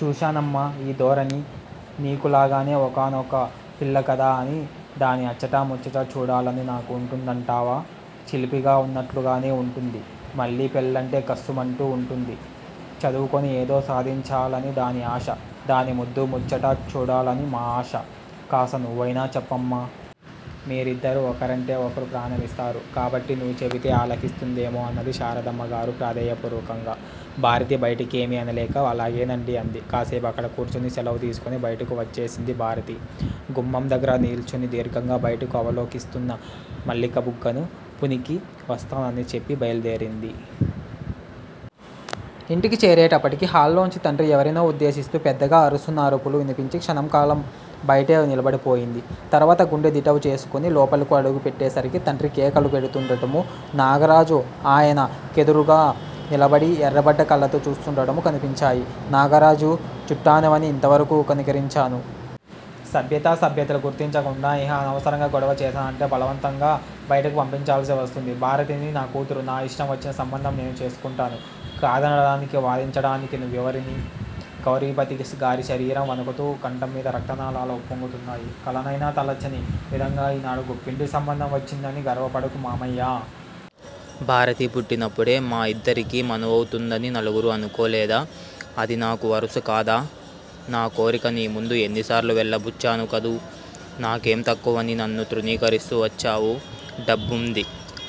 చూశానమ్మా, ఇదీ ధోరణి? నీకు లాగానే ఒక్కగానొక్క పిల్ల కదా. దాన్ని అచ్చటా ముచ్చటా చూడాలని నాకు వుంటుందంటావా? చిలిపిగా వున్నట్లుగానే వుంటుంది. మళ్ళీ పెళ్ళంటే కస్సుమంటూ వుంటుంది. చదువుకుని ఏదో సాధించాలని దాని ఆశ. దాని ముద్దూ ముచ్చటా చూడాలని మా ఆశ కాస్త నువ్వయినా చెప్పమ్మా. మీరిద్దరూ ఒకరంటే ఒకరు ప్రాణమిస్తారు కాబట్టి నువ్వు చెబితే అలకిస్తుందేమో అన్నది శారదమ్మ గారు ప్రాధేయ పూర్వకంగా. భారతి బయటకేమీ అనలేక అలాగేనండి అంది. కాసేపక్కడ కూర్చుని సెలవు తీసుకుని బయటకు వచ్చేసింది భారతి. గుమ్మం దగ్గర నిల్చుని దీర్ఘంగా బయటకు అవలోకిస్తున్న మల్లిక బుగ్గను పుణికి, వస్తానని చెప్పి బయల్దేరింది. ఇంటికి చేరేటప్పటికి హాల్లోంచి, తండ్రి ఎవరినో ఉద్దేశిస్తూ పెద్దగా అరుస్తున్న అరుపులు వినిపించి క్షణకాలం బయటే నిలబడిపోయింది. తరువాత గుండె దిటవు చేసుకుని లోపలకు అడుగు పెట్టేసరికి, తండ్రి కేకలు పెడుతూండటమూ, నాగరాజు ఆయన కెదురుగా నిలబడి ఎర్రబడ్డ కళ్ళతో చూస్తుండటమూ కనిపించాయి. నాగరాజూ! చుట్టానివని ఇంతవరకూ కనికరించాను. సభ్యతా సభ్యతలు గుర్తించ కుండా ఇహ అనవసరంగా గొడవ చేశానంటే బలవంతంగా బయటకు పంపించాల్సి వస్తుంది. భారతిని నా కూతురు నా ఇష్టం వచ్చిన సంబంధం నేను చేసుకుంటాను కాదనటానికీ, వాదించటానికీ నువ్వెవరిని? గౌరీపతి గారి శరీరం వణుకుతూ, కంఠం మీది రక్తనాళాలు ఉప్పొంగుతున్నాయి. కలనైనా తలచని విధంగా ఈనాడు గొప్పింటి సంబంధం వచ్చిందని గర్వపడకు మామయ్యా! భారతి పుట్టినప్పుడే మా ఇద్దరికీ మనువవుతుందని నలుగురూ అనుకోలేదా? అది నాకు వరుస కాదా? నా కోరిక నీ ముందు ఎన్నిసార్లు వెళ్ళబుచ్చాను కాదు? నాకేం తక్కువని నన్ను తృణీకరిస్తూ వచ్చావు? డబ్బుంది.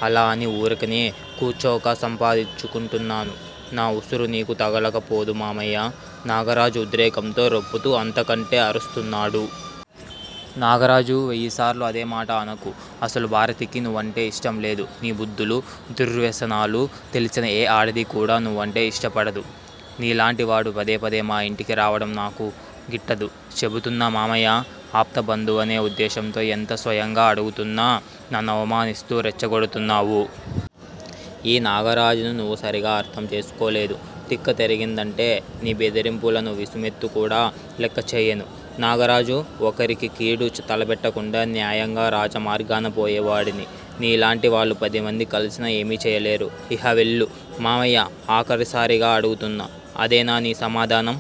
అలా అని ఊరికినే కూచోక సంపాదించుకుంటున్నాను నా ఉసురు నీకు తగలక పోదు మామయ్యా నాగరాజు ఉద్రేకంతో రొప్పుతూ అంతకంటే అరుస్తున్నాడు. నాగరాజూ వెయ్యిసార్లు అదే మాట అనకు. అసలు భారతికి నువ్వంటే ఇష్టంలేదు. నీ బుద్ధులూ, దుర్వ్యసనాలూ తెలిసిన ఏ ఆడదీ కూడా నువ్వంటే ఇష్టపడదు నీలాంటి వాడు పదే పదే మా ఇంటికి రావటం కూడా నాకు గిట్టదు, చెపుతున్నా మామయ్యా! ఆప్త బంధువనే ఉద్దేశ్యంతో ఎంత సవ్యంగా అడుగుతున్నా నన్నవమానిస్తూ రెచ్చగొడుతున్నావు. ఈ నాగరాజును నువ్వు సరిగా అర్ధం చేసుకోలేదు తిక్క తిరిగిందంటే నీ బెదిరింపులను వీసమెత్తుకూడా లెక్కచేయను. నాగరాజూ! ఒకరికి కీడు తలపెట్టకుండా, న్యాయంగా రాజమార్గాన పోయేవాడిని, నీ లాంటి వాళ్ళు పదిమంది కలసినా ఏమీ చేయలేరు. ఇహ వెళ్ళు. మామయ్యా! ఆఖరిసారిగా అడుగుతున్నా. అదేనా నీ సమాధానం?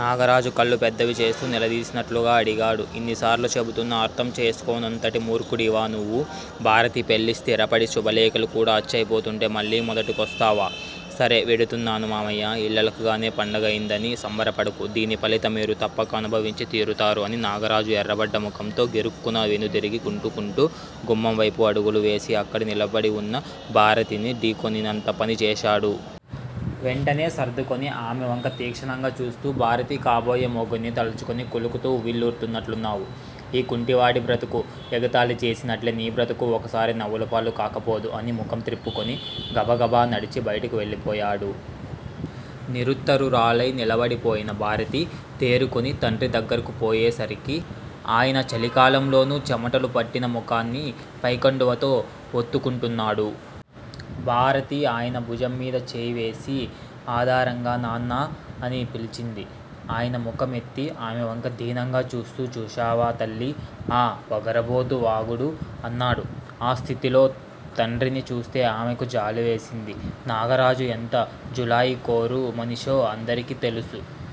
నాగరాజు కళ్ళు పెద్దవిచేస్తూ నిలదీసినట్లుగా అడిగాడు. ఇన్నిసార్లు చెబుతున్నా అర్ధం చేసుకోనంతటి మూర్ఖుడివా నువ్వు? భారతి పెళ్ళి స్థిరపడి, శుభలేఖలు కూడా అచ్చయిపోతుంటే మళ్ళీ మొదటికొస్తావా? సరే. వెడుతున్నాను మామయ్యా. ఇల్లలకగానే పండగయిందని సంబరపడకు దీని ఫలితం మీరు తప్పక అనుభవించి తీరుతారు అని నాగరాజు ఎర్రబడ్డ ముఖంతో గిరుక్కున వెనుదిరిగి, కుంటుకుంటూ గుమ్మం వైపు అడుగులు వేసి అక్కడ నిలబడివున్న భారతిని ఢీ కొనినంత పని చేశాడు. వెంటనే సర్దుకుని ఆమెవంక తీక్షణంగా చూస్తూ, భారతీ కాబోయే మొగుణ్ణి తలుచుకుని కులుకుతూ, ఉవ్విళ్లూరుతున్నట్లున్నావు. ఈ కుంటివాడి బ్రతుకు ఎగతాళి చేసినట్లే నీ బ్రతుకూ ఒకసారి నవ్వులపాలు కాకపోదు అని ముఖం త్రిప్పుకుని, గబగబా నడిచి బయటకు వెళ్ళిపోయాడు. నిరుత్తరురాలై నిలబడిపోయిన భారతి, తేరుకుని తండ్రి దగ్గరకు పోయేసరికి, ఆయన చలికాలంలోనూ చెమటలు పట్టిన ముఖాన్ని పైకండువాతో ఒత్తుకుంటున్నాడు. భారతి ఆయన భుజంమీద చేయివేసి ఆదరంగా నాన్నా! అని పిలిచింది. అయన ముఖం ఎత్తి ఆమెవంక దీనంగా చూస్తూ చూశావా, తల్లీ. ఆ వగరుబోతు వాగుడు? అన్నాడు. ఆ స్థితిలో తండ్రిని చూస్తే ఆమెకు జాలివేసింది. నాగరాజు ఎంత జులాయికోరు మనిషో అందరకి తెలుసు.